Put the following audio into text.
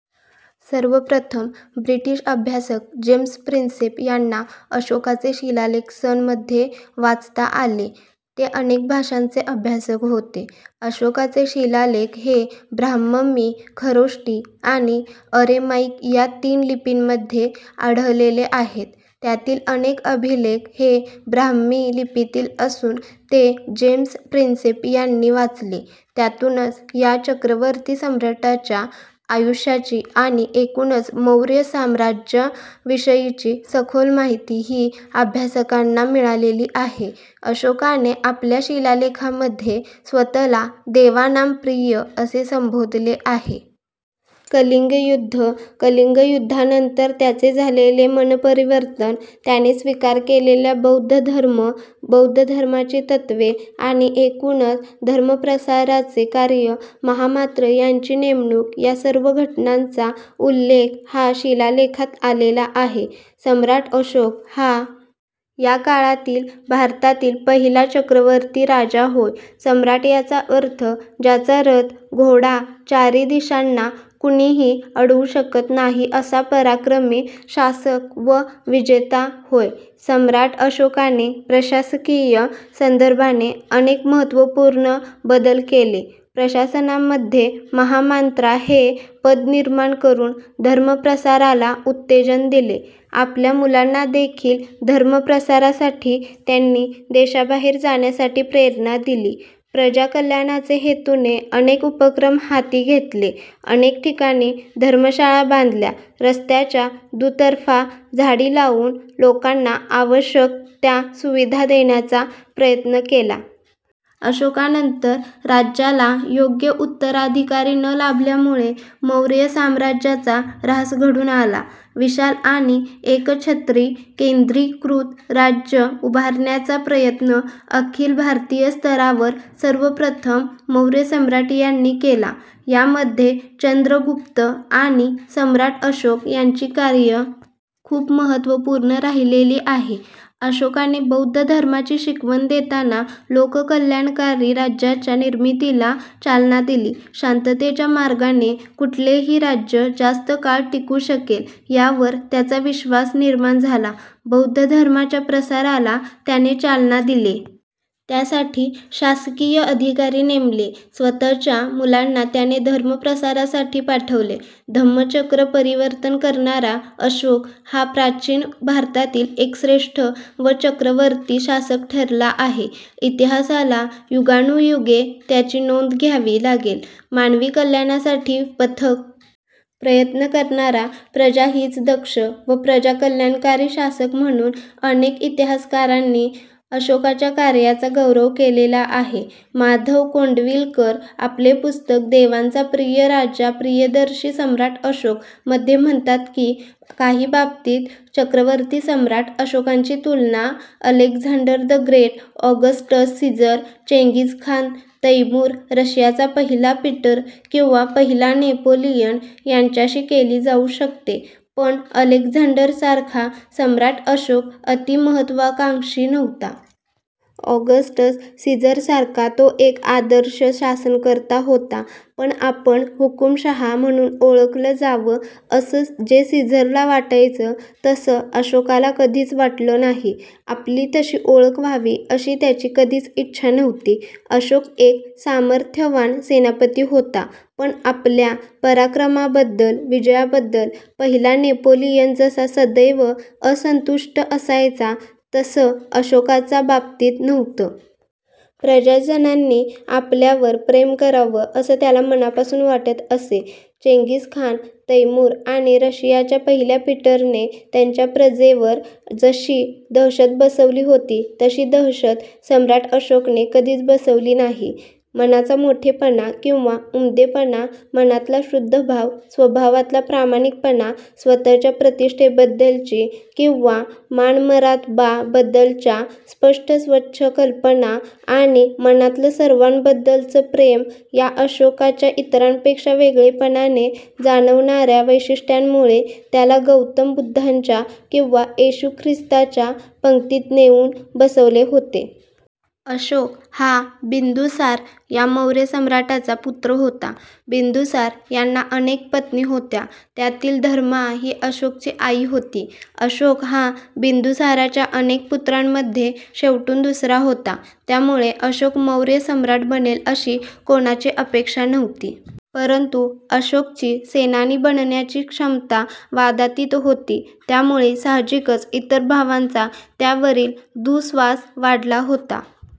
सर्वप्रथम ब्रिटिश अभ्यासक James Prinsep यांना अशोकाचे शिलालेख सन मध्ये वाचता आले. ते अनेक भाषांचे अभ्यासक होते. अशोकाचे शिलालेख हे ब्राह्ममी, खरोष्टी आणि अरेमाइक या तीन लिपींमध्ये आढळलेले आहेत. त्यातील अनेक अभिलेख हे ब्राम्ही लिपीतील असून ते जेम्स प्रिन्सेप यांनी वाचले, त्यातूनच या चक्रवर्ती सम्राटाच्या आयुष्याची आणि एकूणच मौर्य साम्राज्या विषयीची सखोल माहिती हीअभ्यासकांना मिळालेली आहे अशोकाने आपल्या शिलालेखामध्ये स्वतःला 'देवानाम प्रिय' असे संबोधले आहे. कलिंग युद्ध कलिंग युद्धानंतर त्याचे झालेले मनपरिवर्तन, त्याने स्वीकार केलेल्या बौद्ध धर्म, बौद्ध धर्माची तत्त्वे आणि एकूणच धर्मप्रसाराचे कार्य महामात्र यांची नेमणूक या सर्व घटनांचा उल्लेख हा शिलालेखात आलेला आहे. सम्राट अशोक हा या काळातील भारतातील पहिला चक्रवर्ती राजा होय सम्राट याचा अर्थ ज्याचा रथ घोडा चारी दिशांना कुणीही अडवू शकत नाही असा पराक्रमी शासक व विजेता होय सम्राट अशोकाने प्रशासकीय संदर्भाने अनेक महत्त्वपूर्ण बदल केले प्रशासनामध्ये महामांत्रा हे पद निर्माण करून धर्मप्रसाराला उत्तेजन दिले आपल्या मुलांनादेखील धर्मप्रसारासाठी त्यांनी देशाबाहेर जाण्यासाठी प्रेरणा दिली प्रजा कल्याणाचे हेतूने अनेक उपक्रम हाती घेतले अनेक ठिकाणी धर्मशाळा बांधल्या रस्त्याच्या दुतर्फा झाडी लावून लोकांना आवश्यक त्या सुविधा देण्याचा प्रयत्न केला. अशोकानंतर राज्याला योग्य उत्तराधिकारी न लाभल्यामुळे मौर्य साम्राज्याचा ऱ्हास घडून आला विशाल आणि एकछत्री केंद्रीकृत राज्य उभारण्याचा प्रयत्न अखिल भारतीय स्तरावर सर्वप्रथम मौर्य सम्राट यांनी केला यामध्ये चंद्रगुप्त आणि सम्राट अशोक यांची कार्य खूप महत्त्वपूर्ण राहिलेली आहे अशोकाने बौद्ध धर्माची शिकवण देताना लोककल्याणकारी राज्याच्या निर्मितीला चालना दिली शांततेच्या मार्गाने कुठलेही राज्य जास्त काळ टिकू शकेल यावर त्याचा विश्वास निर्माण झाला बौद्ध धर्माच्या प्रसाराला त्याने चालना दिले त्यासाठी शासकीय अधिकारी नेमले स्वतःच्या मुलांना त्याने धर्म प्रसारासाठी पाठवले धम्मचक्र परिवर्तन करणारा अशोक हा प्राचीन भारतातील एक श्रेष्ठ व चक्रवर्ती शासक ठरला आहे इतिहासाला युगानुयुगे त्याची नोंद घ्यावी लागेल मानवी कल्याणासाठी पथक प्रयत्न करणारा प्रजा हीच दक्ष व प्रजा कल्याणकारी शासक म्हणून अनेक इतिहासकारांनी अशोकाच्या कार्याचा गौरव केलेला आहे माधव कोंडविलकर आपले पुस्तक 'देवांचा प्रिय राजा प्रियदर्शी सम्राट अशोक' मध्ये म्हणतात की, ''काही बाबतीत चक्रवर्ती सम्राट अशोकांची तुलना, Alexander the Great, Augustus Caesar, Genghis Khan, Timur, रशियाचा पहिला पीटर किंवा पहिला नेपोलियन यांच्याशी केली जाऊ शकते; पण अलेक्झांडरसारखा सम्राट् अशोक अति-महत्त्वाकांक्षी नव्हता. ऑगस्टस सीझरसारखा तो एक आदर्श शासनकर्ता होता; पण आपण हुकूमशहा म्हणून ओळखलं जावं असं जे सीझरला वाटायचं तसं अशोकाला कधीच वाटलं नाही. आपली तशी ओळख व्हावी अशी त्याची कधीच इच्छा नव्हती. अशोक एक सामर्थ्यवान सेनापती होता; पण आपल्या पराक्रमाबद्दल, विजयाबद्दल पहिला नेपोलियन जसा सदैव असंतुष्ट असायचा तसं अशोकाचा बाबतीत नव्हतं. प्रजाजनांनी आपल्यावर प्रेम करावं, असं त्याला मनापासून वाटत असे. चेंगीसखान, तैमूर आणि रशियाच्या पहिल्या पीटरने त्यांच्या प्रजेवर जशी दहशत बसवली होती, तशी दहशत सम्राट अशोकने कधीच बसवली नाही. मनाचा मोठेपणा किंवा उमदेपणा, मनातला शुद्ध भाव, स्वभावातला प्रामाणिकपणा, स्वतःच्या प्रतिष्ठेबद्दलची किंवा मानमरातबाबद्दलच्या स्पष्ट स्वच्छ कल्पना आणि मनातलं सर्वांबद्दलचं प्रेम या अशोकाच्या, इतरांपेक्षा वेगळेपणाने जाणवणाऱ्या वैशिष्ट्यांमुळे त्याला गौतम बुद्धांच्या किंवा येशू ख्रिस्ताच्या पंक्तीत नेऊन बसवले होते. '' अशोक हा बिंदुसार या मौर्य सम्राटाचा पुत्र होता. बिंदुसार यांना अनेक पत्नी होत्या, त्यातील धर्मा ही अशोकची आई होती. अशोक हा बिंदुसाराच्या अनेक पुत्रांमध्ये शेवटून दुसरा होता. त्यामुळे अशोक मौर्य सम्राट बनेल अशी कोणाची अपेक्षा नव्हती. परंतु अशोकची सेनानी बनण्याची क्षमता वादातीत होती. त्यामुळे साहजिकच इतर भावांचा त्यावरील दुःस्वास वाढला होता.